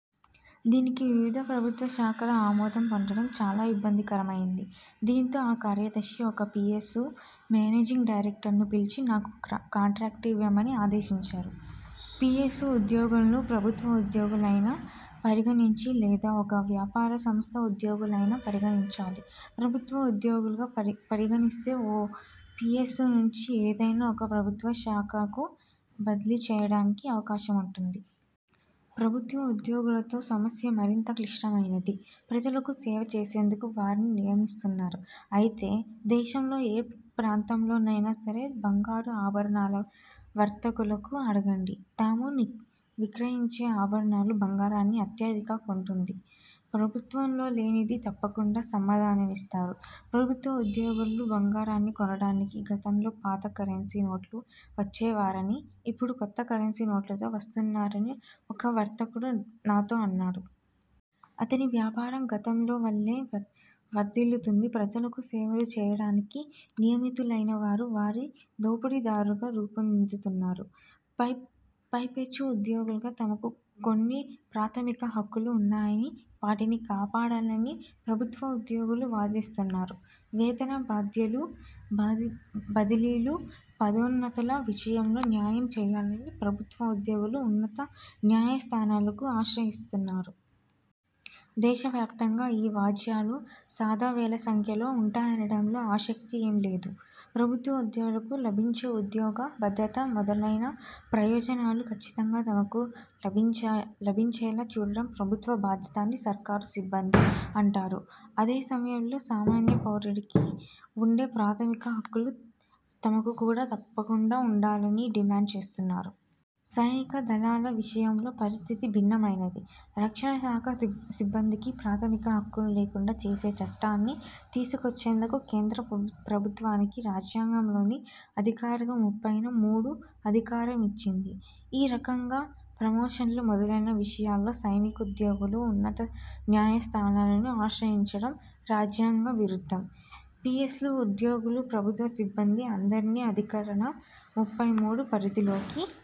దీనికి వివిధ ప్రభుత్వ శాఖల ఆమోదం పొందడం చాలా ఇబ్బందికరమయింది. దీంతో ఆ కార్యదర్శి ఒక పిఎస్యు మేనేజింగ్ డైరెక్టర్ను పిలిచి నాకు కాంట్రాక్టు ఇవ్వమని ఆదేశించారు. పిఎస్యు ఉద్యోగులను ప్రభుత్వోద్యోగులు అయినా పరిగణించి లేదా ఒక వ్యాపార సంస్థ ఉద్యోగులు అయిన పరిగణించాలి. ప్రభుత్వోద్యోగులుగా పరి పరిగణిస్తే ఒక పిఎస్యు నుంచి ఏదైనా ఒక ప్రభుత్వ శాఖకు బదిలీ చేయడానికి అవకాశముంటుంది. ప్రభుత్వోద్యోగులతో సమస్య మరింత క్లిష్టమైనది. ప్రజలకు 'సేవ' చేసేందుకు వారిని నియమిస్తున్నారు. అయితే దేశంలోని ఏ ప్రాంతంలోనైనా సరే బంగారు ఆభరణాల వర్తకులను అడగండి. తాము విక్రయించే ఆభరణాలు, బంగారాన్ని అత్యధికంగా కొంటున్నది ప్రభుత్వోగులేనని తప్పకుండా సమాధానమిస్తారు. ప్రభుత్వోద్యోగులు బంగారాన్ని కొనడానికి గతంలో పాత కరెన్సీ నోట్లతో వచ్చేవారని, ఇప్పుడు కొత్త కరెన్సీ నోట్లతో వస్తున్నారని ఒక వర్తకుడు నాతో అన్నాడు. అతని వ్యాపారం గతంలోవలే వర్థిల్లుతోంది. ప్రజలకు సేవలు చేయడానికి నియమితులైనవారు వారి దోపిడీదారులుగా రూపొందుతున్నారు! పై పైపెచ్చు ఉద్యోగులుగా తమకు కొన్ని ప్రాథమిక హక్కులు ఉన్నాయని, వాటిని కాపాడాలని ప్రభుత్వోద్యోగులు వాదిస్తారు. వేతన భత్యాలు, బదిలీలు, పదోన్నతుల విషయంలో న్యాయం చేయాలని ప్రభుత్వోద్యోగులు ఉన్నత న్యాయస్థానాలను ఆశ్రయిస్తున్నారు దేశవ్యాప్తంగా ఈ వ్యాజ్యాలు సదా వేల సంఖ్యలో ఉంటాయనడంలో ఆశక్తి లేదు. ప్రభుత్వోద్యోగులకు లభించే ఉద్యోగ భద్రత మొదలైన ప్రయోజనాలు కచ్చితంగా తమకు లభించే లభించేలా చూడడం ప్రభుత్వ బాధ్యత అని సర్కారు సిబ్బంది అంటారు. అదే సమయంలో సామన్య పౌరునికి వుండే ప్రాథమిక హక్కులు తమకు కూడా తప్పకుండా వుండాలని డిమాండ్ చేస్తున్నారు. సైనిక దళాల విషయంలో పరిస్థితి భిన్నమైనది. రక్షణ శాఖ సిబ్బందికి ప్రాథమిక హక్కులు లేకుండా చేసే చట్టాన్ని తీసుకువచ్చేందుకు కేంద్ర ప్రభుత్వానికి రాజ్యాంగంలోని అధికరణ ముప్పై మూడు అధికారమిచ్చింది. ఈ కారణంగా ప్రమోషన్లు మొదలైన విషయాలలో సైనికోద్యోగులు ఉన్నతన్యాయస్థానాలను ఆశ్రయించడం రాజ్యాంగ విరుద్ధం. పిఎస్యు ఉద్యోగులు, ప్రభుత్వ సిబ్బంది అందరినీ అధికరణ ముప్పై మూడు పరిధిలోకి